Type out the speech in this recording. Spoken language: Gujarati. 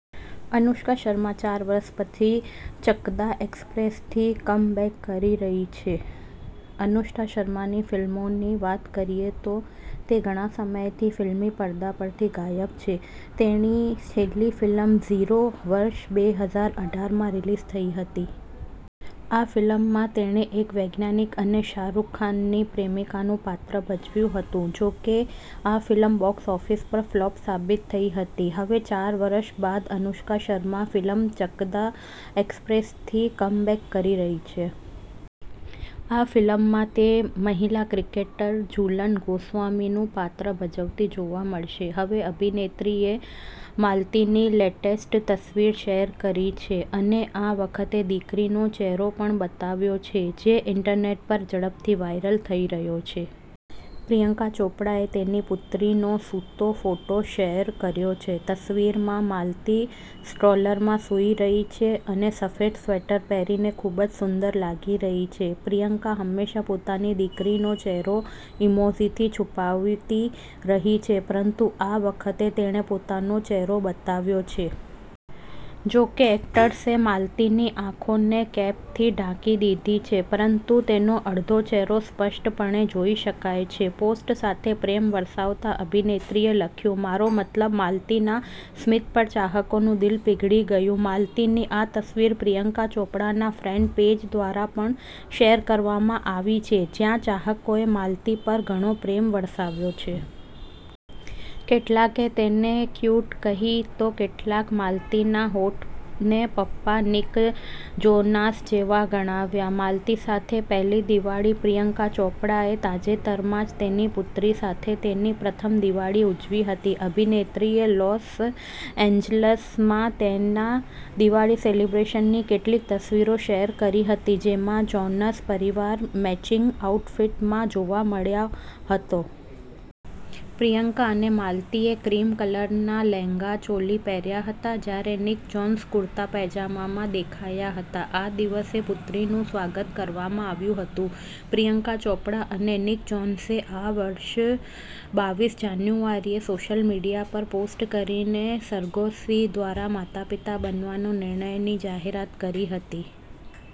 અનુષ્કા શર્મા ચાર વર્ષ પછી ચકદા એક્સપ્રેસથી કમબેક કરી રહી છે: અનુષ્કા શર્માની ફિલ્મોની વાત કરીએ તો તે ઘણા સમયથી ફિલ્મી પડદા પરથી ગાયબ છે. તેની છેલ્લી ફિલ્મ 'ઝીરો' વર્ષ બે હજાર અઢાર માં રિલીઝ થઈ હતી. આ ફિલ્મમાં તેણે એક વૈજ્ઞાનિક અને શાહરૂખ ખાનની પ્રેમિકાનું પાત્ર ભજવ્યું હતું. જોકે, આ ફિલ્મ બોક્સ ઓફિસ પર ફ્લોપ સાબિત થઈ હતી. હવે ચાર વર્ષ બાદ અનુષ્કા શર્મા ફિલ્મ 'ચકદા એક્સપ્રેસ'થી કમબેક કરી રહી છે. આ ફિલ્મમાં તે મહિલા ક્રિકેટર ઝુલન ગોસ્વામીનું પાત્ર ભજવતી જોવા મળશે. હવે અભિનેત્રીએ માલતીની લેટેસ્ટ તસવીર શેર કરી છે અને આ વખતે દીકરીનો ચહેરો પણ બતાવ્યો છે, જે ઈન્ટરનેટ પર ઝડપથી વાયરલ થઈ રહ્યો છે. પ્રિયંકા ચોપરાએ તેની પુત્રીનો સૂતો ફોટો શેર કર્યો છે. તસવીરમાં માલતી સ્ટ્રોલરમાં સૂઈ રહી છે અને સફેદ સ્વેટર પહેરીને ખૂબ જ સુંદર લાગી રહી છે. પ્રિયંકા હંમેશા પોતાની દીકરીનો ચહેરો ઈમોજીથી છુપાવતી રહી છે, પરંતુ આ વખતે તેણે પોતાનો ચહેરો બતાવ્યો છે. જોકે એક્ટ્રેસે માલતીની આંખોને કેપથી ઢાંકી દીધી છે, પરંતુ તેનો અડધો ચહેરો સ્પષ્ટપણે જોઈ શકાય છે. પોસ્ટ સાથે પ્રેમ વરસાવતા અભિનેત્રીએ લખ્યું, "મારો મતલબ" માલતીના સ્મિત પર ચાહકોનું દિલ પીઘળી ગયું: માલતીની આ તસવીર પ્રિયંકા ચોપરાના ફેન પેજ દ્વારા પણ શેર કરવામાં આવી છે, જ્યાં ચાહકોએ માલતી પર ઘણો પ્રેમ વરસાવ્યો છે. કેટલાકે તેને ક્યૂટ કહી તો કેટલાકે માલતીના હોઠને પાપા નિક જોનાસ જેવા ગણાવ્યા. માલતી સાથે પહેલી દિવાળી: પ્રિયંકા ચોપરાએ તાજેતરમાં જ તેની પુત્રી સાથે તેની પ્રથમ દિવાળી ઉજવી હતી. અભિનેત્રીએ લોસ એન્જલસમાં તેના દિવાળી સેલિબ્રેશનની કેટલીક તસવીરો શેર કરી હતી, જેમાં જોનાસ પરિવાર મેચિંગ આઉટફિટ્સમાં જોવા મળ્યો હતો. પ્રિયંકા અને માલતીએ ક્રીમ કલરના લહેંગા ચોલી પહેર્યા હતા, જ્યારે નિક જોનાસ કુર્તા પાયજામામાં દેખાયા હતા. આ દિવસે પુત્રીનું સ્વાગત કરવામાં આવ્યું હતું: પ્રિયંકા ચોપરા અને નિક જોનાસે આ વર્ષે બાવીસ જાન્યુઆરીએ સોશિયલ મીડિયા પર પોસ્ટ કરીને સરોગસી દ્વારા માતાપિતા બનવાના નિર્ણયની જાહેરાત કરી હતી.